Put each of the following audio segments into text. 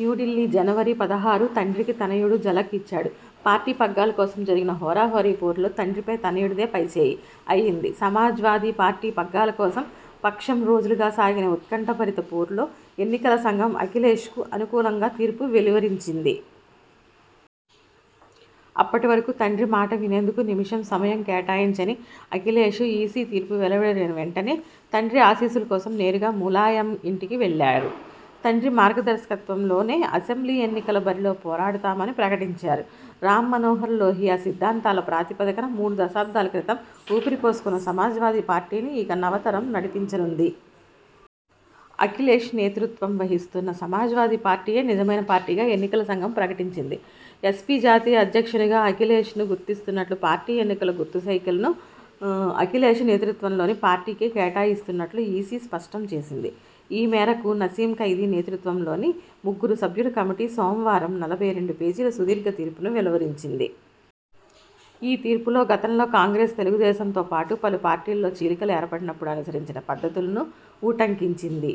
న్యూఢిల్లీ, జనవరి పదహారు తండ్రికి తనయుడు ఝలక్ ఇచ్చాడు. పార్టీ పగ్గాల కోసం జరిగిన హోరాహోరీ పోరులో తండ్రిపై తనయుడిదే పైచేయి అయింది. సమాజ్వాదీ పార్టీ పగ్గాల కోసం పక్షం రోజులుగా సాగిన ఉత్కంఠ భరిత పోరులో ఎన్నికల సంఘం అఖిలేశ్ కు అనుకూలంగా తీర్పు వెలువరించింది. అప్పటి వరకు తండ్రి మాట వినేందుకు నిమిషం సమయం కేటాయించని అఖిలేశ్, ఈసీ తీర్పు వెలువడిన వెంటనే తండ్రి ఆశీస్సుల కోసం నేరుగా ములాయం ఇంటికి వెళ్లారు. తండ్రి మార్గదర్శకత్వంలోనే అసెంబ్లీ ఎన్నికల బరిలో పోరాడుతామని ప్రకటించారు. రామ్ మనోహర్ లోహియా సిద్ధాంతాల ప్రాతిపదికన మూడు దశాబ్దాల క్రితం ఊపిరి పోసుకున్న సమాజ్వాది పార్టీని ఇక నవతరం నడిపించనుంది. అఖిలేశ్ నేతృత్వం వహిస్తున్న సమాజ్వాదీ పార్టీయే నిజమైన పార్టీగా ఎన్నికల సంఘం ప్రకటించింది. ఎస్పీ జాతీయ అధ్యక్షునిగా అఖిలేశ్ ను గుర్తిస్తున్నట్లు, పార్టీ ఎన్నికల గుర్తు సైకిల్ ను అఖిలేశ్ నేతృత్వంలోని పార్టీకే కేటాయిస్తున్నట్లు ఈసీ స్పష్టం చేసింది. ఈమేరకు నసీం జైదీ నేతృత్వంలోని ముగ్గురు సభ్యుల కమిటీ సోమవారం నలభై రెండు పేజీల సుదీర్ఘ తీర్పును వెలువరించింది. ఈ తీర్పులో గతంలో కాంగ్రెస్, తెలుగుదేశంతోపాటు పలు పార్టీలలో చీలికలు ఏర్పడినప్పుడు అనుసరించిన పద్ధతులనూ ఉటంకించింది.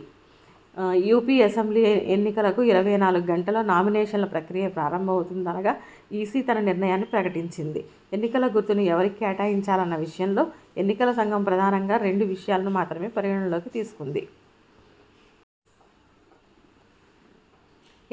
యూపీ అసెంబ్లీ ఎన్నికలకు ఇరవై నాలుగు గంటల్లో నామినేషన్ల ప్రక్రియ ప్రారంభమవుతుందనగా ఈసీ తన నిర్ణయాన్ని ప్రకటించింది. ఎన్నికల గుర్తును ఎవరికి కేటాయించాలన్న విషయంలో ఎన్నికల సంఘం ప్రధానంగా రెండు విషయాలను మాత్రమే పరిగణలోకి తీసుకుంది.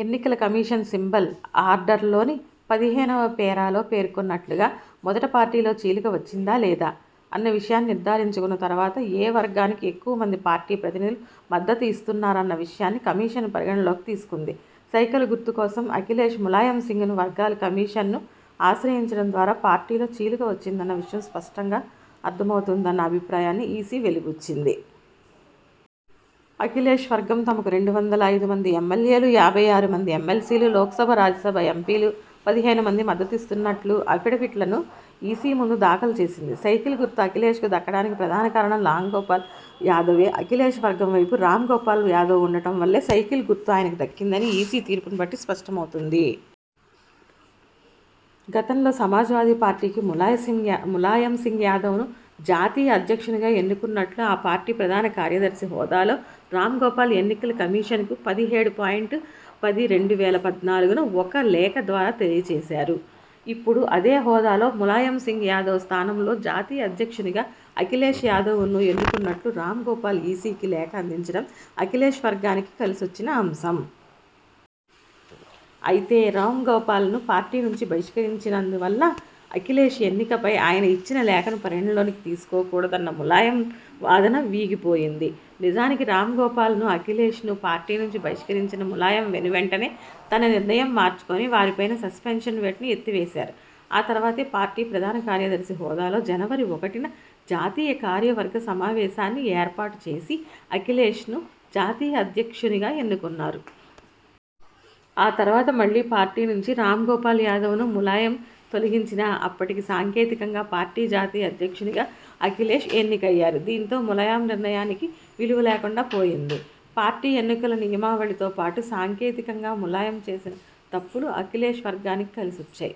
ఎన్నికల కమిషన్ సింబల్ ఆర్డర్లోని పదిహేనువ పేరాలో పేర్కొన్నట్లుగా మొదట పార్టీలో చీలిక వచ్చిందా? లేదా? అన్న విషయాన్ని నిర్ధారించుకున్న తర్వాత ఏ వర్గానికి ఎక్కువ మంది పార్టీ ప్రతినిధులు మద్దతు ఇస్తున్నారన్న విషయాన్ని కమిషన్ పరిగణలోకి తీసుకుంది. సైకిల్ గుర్తు కోసం అఖిలేశ్, ములాయంసింగ్ వర్గాలు కమిషన్ను ఆశ్రయించడం ద్వారా పార్టీలో చీలిక వచ్చిందన్న విషయం స్పష్టంగా అర్ధమవుతుందన్న అభిప్రాయాన్ని ఈసీ వెలిబుచ్చింది. అఖిలేశ్ వర్గం తమకు రెండు వందల ఐదు మంది ఎమ్మెల్యేలు, యాభై ఆరు మంది ఎమ్మెల్సీలు, లోక్సభ, రాజ్యసభ ఎంపీలు పదిహేను మంది మద్దతునిస్తున్నట్లు అఫిడవిట్లను ఈసీ ముందు దాఖలు చేసింది. సైకిల్ గుర్తు అఖిలేశ్ కు దక్కడానికి ప్రధాన కారణం రాంగోపాల్ యాదవే. అఖిలేశ్ వర్గం వైపు రాంగోపాల్ యాదవ్ ఉండటం వల్లే సైకిల్ గుర్తు ఆయనకు దక్కిందని ఈసీ తీర్పును బట్టి స్పష్టమవుతోంది. గతంలో సమాజ్వాది పార్టీకి ములాయంసింగ్ యాదవ్ ను జాతీయ అధ్యక్షునిగా ఎన్నుకున్నట్లు ఆ పార్టీ ప్రధాన కార్యదర్శి హోదాలో రాంగోపాల్ ఎన్నికల కమిషన్కు పదిహేడు పాయింట్ పది.రెండు వేల పద్నాలుగున ఒక లేఖ ద్వారా తెలియ జేశారు. ఇప్పుడు అదే హోదాలో ములాయంసింగ్ యాదవ్ స్థానంలో జాతీయ అధ్యక్షునిగా అఖిలేశ్ యాదవ్ను ఎన్నుకున్నట్లు రాంగోపాల్ ఈసీకి లేఖ అందించడం అఖిలేశ్ వర్గానికి కలిసొచ్చిన అంశం. అయితే రాంగోపాల్ను పార్టీ నుంచి బహిష్కరించినందు వల్ల అఖిలేశ్ ఎన్నికపై ఆయన ఇచ్చిన లేఖను పరిగణలోకి తీసుకోకూడదన్న ములాయం వాదన వీగిపోయింది. నిజానికి రాంగోపాల్ను, అఖిలేశ్ ను పార్టీ నుంచి బహిష్కరించిన ములాయం వెనువెంటనే తన నిర్ణయం మార్చుకొని వారిపైన సస్పెన్షన్ వేటును ఎత్తివేశారు. ఆ తర్వాతే పార్టీ ప్రధాన కార్యదర్శి హోదాలో జనవరి ఒకటిన జాతీయ కార్యవర్గ సమావేశాన్ని ఏర్పాటు చేసి అఖిలేశ్ ను జాతీయ అధ్యక్షునిగా ఎన్నుకున్నారు. ఆ తర్వాత మళ్లీ పార్టీ నుంచి రాంగోపాల్ యాదవ్ ను ములాయం తొలగించినా అప్పటికి సాంకేతికంగా పార్టీ జాతీయ అధ్యక్షునిగా అఖిలేశ్ ఎన్నికయ్యారు. దీంతో ములాయం నిర్ణయానికి విలువ లేకుండా పోయింది. పార్టీ ఎన్నికల నియమావళితో పాటు సాంకేతికంగా ములాం చేసిన తప్పులు అఖిలేశ్ వర్గానికి కలిసొచ్చాయి.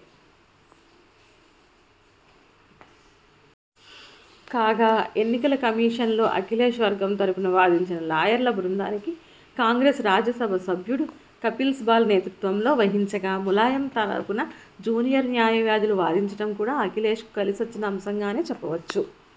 కాగా ఎన్నికల కమిషన్లో అఖిలేశ్ వర్గం తరఫున వాదించిన లాయర్ల బృందానికి కాంగ్రెస్ రాజ్యసభ సభ్యుడు కపిల్సిబాల్ నేతృత్వం వహించగా, ములాయం తరపున జూనియర్ న్యాయవాదులు వాదించడం కూడా అఖిలేశ్ కు కలిసొచ్చిన అంశంగానే చెప్పవచ్చు.